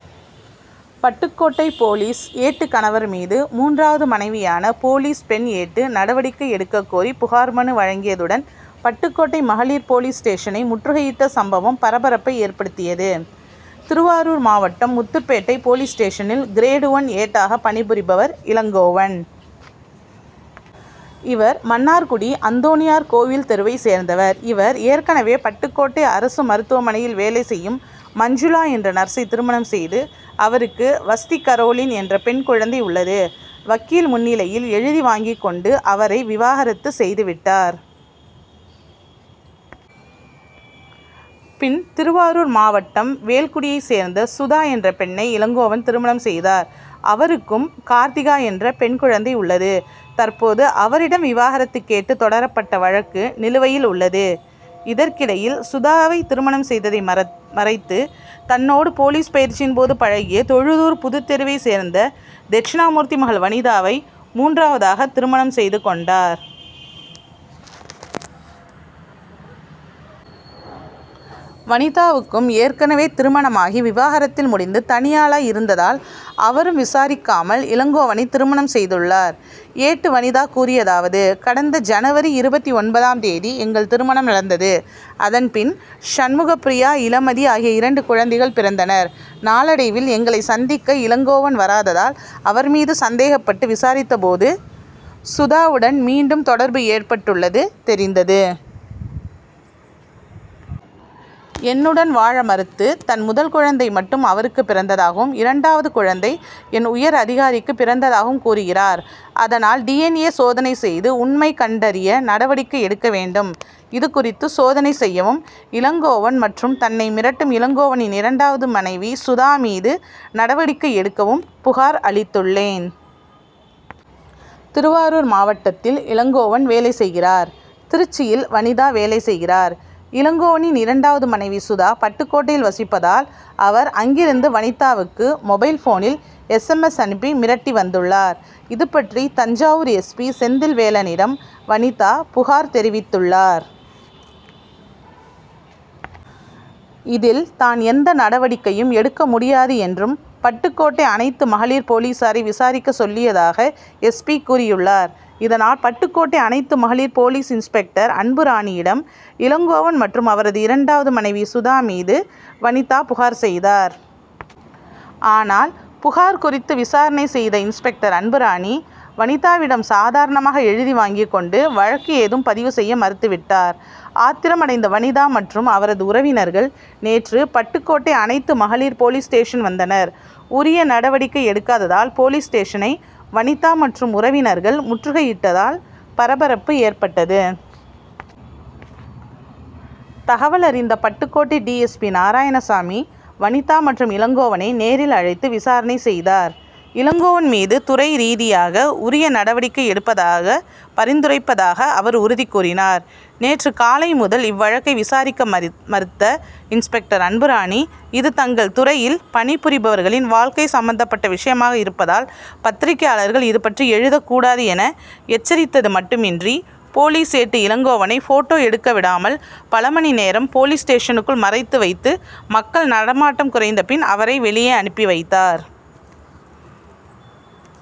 Pattukkottai police ஏட்டு கணவர் மீது, மூன்றாவது மனைவியான போலீஸ் பெண் ஏட்டு நடவடிக்கை எடுக்கக்கோரி புகார் மனு வழங்கியதுடன், பட்டுக்கோட்டை மகளிர் போலீஸ் ஸ்டேஷனை முற்றுகையிட்ட சம்பவம் பரபரப்பை ஏற்படுத்தியது. திருவாரூர் மாவட்டம் முத்துப்பேட்டை போலீஸ் ஸ்டேஷனில் கிரேடு ஒன் ஏட்டாக பணி புரிபவர் இளங்கோவன். இவர் மன்னார்குடி அந்தோணியார் கோவில் தெருவைச் சேர்ந்தவர். இவர் ஏற்கனவே பட்டுக்கோட்டை அரசு மருத்துவமனையில் வேலை செய்யும் மஞ்சுளா என்ற நர்சை திருமணம் செய்து அவருக்கு வஸ்திகரோலின் என்ற பெண் குழந்தை உள்ளது. வக்கீல் முன்னிலையில் எழுதி வாங்கிக் கொண்டு அவரை விவாகரத்து செய்து விட்டார். பின், திருவாருர் மாவட்டம் வேல்குடியைச் சேர்ந்த சுதா என்ற பெண்ணை இளங்கோவன் திருமணம் செய்தார். அவருக்கும் கார்த்திகா என்ற பெண் குழந்தை உள்ளது. தற்போது அவரிடம் விவாகரத்து கேட்டு தொடரப்பட்ட வழக்கு நிலுவையில் உள்ளது. இதற்கிடையில், சுதாவை திருமணம் செய்ததை மரத் மறைத்து தன்னோடு போலீஸ் பயிற்சியின் போது பழகிய தொழுதூர் புதுத்தெருவைச் சேர்ந்த தெட்சணாமூர்த்தி மகள் வனிதாவை, மூன்றாவதாக திருமணம் செய்து கொண்டார். வனிதாவுக்கும் ஏற்கனவே திருமணமாகி விவாகரத்தில் முடிந்து தனியாளாய் இருந்ததால் அவரும் விசாரிக்காமல் இளங்கோவனை திருமணம் செய்துள்ளார். ஏட்டு வனிதா கூறியதாவது: கடந்த ஜனவரி., இருபத்து ஒன்பதாம் தேதி எங்கள் திருமணம் நடந்தது. அதன் பின் சண்முகப்பிரியா இளமதி ஆகிய இரண்டு குழந்தைகள் பிறந்தனர். நாளடைவில் எங்களை சந்திக்க இளங்கோவன் வராததால் அவர் மீது சந்தேகப்பட்டு விசாரித்த போது, சுதாவுடன் மீண்டும் தொடர்பு ஏற்பட்டுள்ளது தெரிந்தது. என்னுடன் வாழ மறுத்து, தன் முதல் குழந்தை மட்டும் அவருக்கு பிறந்ததாகவும், இரண்டாவது குழந்தை என் உயர் அதிகாரிக்கு பிறந்ததாகவும் கூறுகிறார். அதனால், டி. என். ஏ., சோதனை செய்து உண்மை கண்டறிய நடவடிக்கை எடுக்க வேண்டும். இதுகுறித்து, சோதனை செய்யவும், இளங்கோவன் மற்றும் தன்னை மிரட்டும் இளங்கோவனின் இரண்டாவது மனைவி சுதா மீது நடவடிக்கை எடுக்கவும் புகார் அளித்துள்ளேன். திருவாரூர் மாவட்டத்தில் இளங்கோவன் வேலை செய்கிறார். திருச்சியில் வனிதா வேலை செய்கிறார். இளங்கோவனின் இரண்டாவது மனைவி சுதா, பட்டுக்கோட்டையில் வசிப்பதால், அவர் அங்கிருந்து வனிதாவுக்கு மொபைல்போனில் எஸ். எம். எஸ்., அனுப்பி மிரட்டி வந்துள்ளார். இதுபற்றி தஞ்சாவூர் எஸ். பி., செந்தில்வேலனிடம் வனிதா புகார் தெரிவித்துள்ளார். இதில், தான் எந்த நடவடிக்கையும் எடுக்க முடியாது என்றும், பட்டுக்கோட்டை அனைத்து மகளிர் போலீசாரை விசாரிக்க சொல்லியதாக, எஸ். பி., கூறியுள்ளார். இதனால், பட்டுக்கோட்டை அனைத்து மகளிர் போலீஸ் இன்ஸ்பெக்டர் அன்புராணியிடம் இளங்கோவன் மற்றும் அவரது இரண்டாவது மனைவி சுதா மீது வனிதா புகார் செய்தார். ஆனால், புகார் குறித்து விசாரணை செய்த இன்ஸ்பெக்டர் அன்புராணி, வனிதாவிடம் சாதாரணமாக எழுதி வாங்கிக் கொண்டு வழக்கு ஏதும் பதிவு செய்ய மறுத்துவிட்டார். ஆத்திரம் அடைந்த வனிதா மற்றும் அவரது உறவினர்கள் நேற்று பட்டுக்கோட்டை அனைத்து மகளிர் போலீஸ் ஸ்டேஷன் வந்தனர். உரிய நடவடிக்கை எடுக்காததால், போலீஸ் ஸ்டேஷனை வனிதா மற்றும் உறவினர்கள் முற்றுகையிட்டதால் பரபரப்பு ஏற்பட்டது. தகவலறிந்த Pattukkottai D. S. P., Narayanasamy, Vanitha மற்றும் இளங்கோவனை நேரில் அழைத்து விசாரணை செய்தார். இளங்கோவன் மீது துறை ரீதியாக உரிய நடவடிக்கை எடுப்பதாக பரிந்துரைப்பதாக அவர் உறுதி கூறினார். நேற்று காலை முதல் இவ்வழக்கை விசாரிக்க மறுத் மறுத்த இன்ஸ்பெக்டர் அன்புராணி, இது தங்கள் துறையில் பணி புரிபவர்களின் வாழ்க்கை சம்பந்தப்பட்ட விஷயமாக இருப்பதால், பத்திரிகையாளர்கள் இது பற்றி எழுதக் கூடாது,' என, எச்சரித்தது மட்டுமின்றி, போலீஸ் ஏட்டு இளங்கோவனை ஃபோட்டா எடுக்கவிடாமல் பல மணி நேரம் போலீஸ் ஸ்டேஷனுக்குள் மறைத்து வைத்து, மக்கள் நடமாட்டம் குறைந்த பின் அவரை வெளியே அனுப்பி வைத்தார்.